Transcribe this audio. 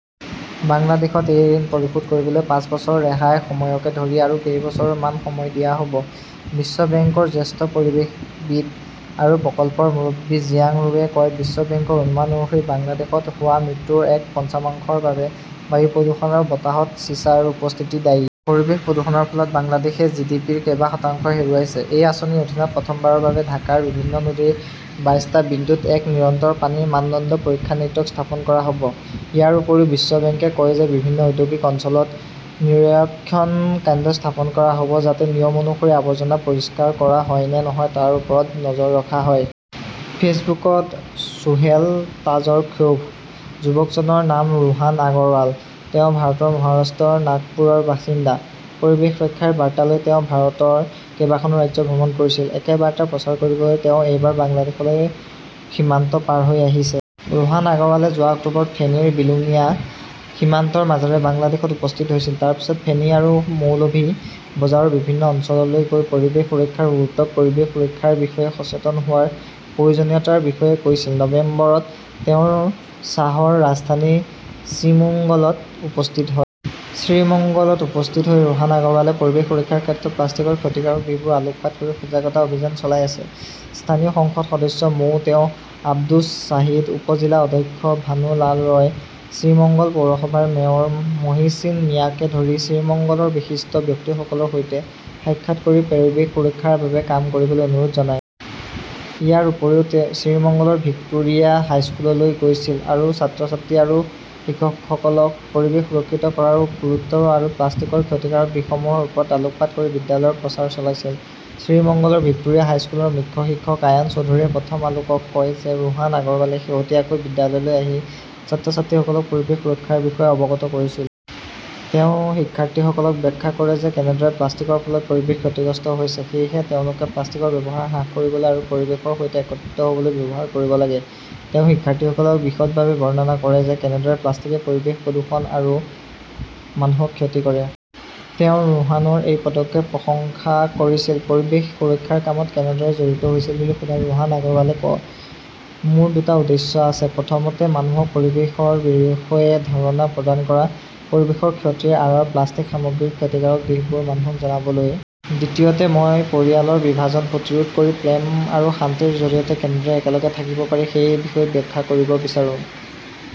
বাংলাদেশক এই ঋণ পৰিশোধ কৰিবলৈ পাঁচ বছৰৰ ৰেহাই সময়কে ধৰি আৰু কেইবছৰ মান সময় দিয়া হ'ব। বিশ্ব বেংকৰ জ্যেষ্ঠ পৰিৱেশবিদ আৰু প্ৰকল্পৰ মুৰব্বী জিয়াং ৰুৱে কয়, বিশ্ব বেংকৰ অনুমান অনুসৰি বাংলাদেশত হোৱা মৃত্যুৰ এক পঞ্চমাংশৰ বাবে বায়ু প্ৰদূষণ আৰু বতাহত চিছাৰ উপস্থিতি দায়ী। পৰিৱেশ প্ৰদূষণৰ ফলত বাংলাদেশে জিডিপিৰ কেইবা শতাংশ হেৰুৱাইছে। এই আঁচনিৰ অধীনত প্ৰথমবাৰৰ বাবে ঢাকাৰ বিভিন্ন নদীৰ বাইশটা বিন্দুত এক নিৰন্তৰ পানীৰ মানদণ্ড পৰীক্ষা নেটৱৰ্ক স্থাপন কৰা হ'ব। ইয়াৰ উপৰিও বিশ্ব বেংকে কয় যে বিভিন্ন ঔদ্যোগিক অঞ্চলত নিৰীক্ষণ কেন্দ্ৰ স্থাপন কৰা হ'ব যাতে নিয়ম অনুসৰি আৱৰ্জনা পৰিষ্কাৰ কৰা হয় নে নহয় তাৰ ওপৰত নজৰ ৰখা হয়। ফেচবুকত চোহেল তাজৰ ক্ষোভ। যুৱকজনৰ নাম ৰোহান আগৰৱাল। তেওঁ ভাৰতৰ মহাৰাষ্ট্ৰৰ নাগপুৰৰ বাসিন্দা। পৰিৱেশ ৰক্ষাৰ বাৰ্তা লৈ তেওঁ ভাৰতৰ কেইবাখনো ৰাজ্য ভ্ৰমণ কৰিছিল। একে বাৰ্তা প্ৰচাৰ কৰিবলৈ তেওঁ এইবাৰ বাংলাদেশলৈ সীমান্ত পাৰ হৈ আহিছে। ৰোহান আগৰৱালে যোৱা অক্টোবৰত ফেনীৰ বিলোনিয়া সীমান্তৰ মাজেৰে বাংলাদেশত উপস্থিত হৈছিল। তাৰ পিছত ফেনী আৰু মৌলভি বজাৰৰ বিভিন্ন অঞ্চললৈ গৈ পৰিৱেশ সুৰক্ষাৰ গুৰুত্ব, পৰিৱেশ সুৰক্ষাৰ বিষয়ে সচেতন হোৱাৰ প্ৰয়োজনীয়তাৰ বিষয়ে কৈছিল। নৱেম্বৰত তেওঁ চাহৰ ৰাজধানী শ্ৰীমুঙ্গলত উপস্থিত হয়। শ্ৰীমঙ্গলত উপস্থিত হৈ ৰোহান আগৰৱালে পৰিৱেশ সুৰক্ষাৰ ক্ষেত্ৰত প্লাষ্টিকৰ ক্ষতিকাৰক দিশবোৰ আলোকপাত কৰি সজাগতা অভিযান চলাই আছে। স্থানীয় সংসদ সদস্য মো. তেওঁ আব্দুছ শ্বাহিদ, উপ-জিলা অধ্যক্ষ ভানু লাল ৰয়, শ্ৰীমঙ্গল পৌৰসভাৰ মেয়ৰ মহচিন মিয়াকে ধৰি শ্ৰীমঙ্গলৰ বিশিষ্ট ব্যক্তিসকলৰ সৈতে সাক্ষাৎ কৰি পৰিৱেশ সুৰক্ষাৰ বাবে কাম কৰিবলৈ অনুৰোধ জনায়। ইয়াৰ উপৰিও তেওঁ শ্ৰীমঙ্গলৰ ভিক্টোৰিয়া হাইস্কুললৈ গৈছিল আৰু ছাত্ৰ-ছাত্ৰী আৰু শিক্ষকসকলক পৰিৱেশ সুৰক্ষিত কৰাৰ গুৰুত্ব আৰু প্লাষ্টিকৰ ক্ষতিকাৰক দিশসমূহৰ ওপৰত আলোকপাত কৰি বিদ্যালয়ত প্ৰচাৰ চলাইছিল। শ্ৰীমঙ্গলৰ ভিক্টোৰিয়া হাইস্কুলৰ মুখ্য শিক্ষক আয়ান চৌধুৰীয়ে প্ৰথম আলোকক কয় যে ৰোহান আগৰৱালে শেহতীয়াকৈ বিদ্যালয়লৈ আহি ছাত্ৰ-ছাত্ৰীসকলক পৰিৱেশ সুৰক্ষাৰ বিষয়ে অৱগত কৰিছিল। তেওঁ শিক্ষাৰ্থীসকলক ব্যাখ্যা কৰে যে কেনেদৰে প্লাষ্টিকৰ ফলত পৰিৱেশ ক্ষতিগ্ৰস্ত হৈছে। সেয়েহে তেওঁলোকে প্লাষ্টিকৰ ব্যৱহাৰ হ্ৰাস কৰিবলৈ আৰু পৰিৱেশৰ সৈতে একত্ৰিত হ'বলৈ ব্যৱহাৰ কৰিব লাগে। তেওঁ শিক্ষাৰ্থীসকলক বিশদভাৱে বৰ্ণনা কৰে যে কেনেদৰে প্লাষ্টিকে পৰিৱেশ প্ৰদূষণ কৰে আৰু মানুহক ক্ষতি কৰে। তেওঁ ৰোহানৰ এই পদক্ষেপক প্ৰশংসা কৰিছিল। পৰিৱেশ সুৰক্ষাৰ কামত কেনেদৰে জড়িত হৈছিল বুলি সোধাত ৰোহান আগৰৱালে কয়, মোৰ দুটা উদ্দেশ্য আছে। প্ৰথমতে, মানুহক পৰিৱেশৰ বিষয়ে ধাৰণা প্ৰদান কৰা। পৰিৱেশৰ ক্ষতিৰ আঁৰৰ প্লাষ্টিক সামগ্ৰীৰ ক্ষতিকাৰক দিশবোৰ মানুহক জনাবলৈ। দ্বিতীয়তে, মই পৰিয়ালৰ বিভাজন প্ৰতিৰোধ কৰি প্ৰেম আৰু শান্তিৰ জৰিয়তে কেনেদৰে একেলগে থাকিব পাৰি সেই বিষয়ে ব্যাখ্যা কৰিব বিচাৰো।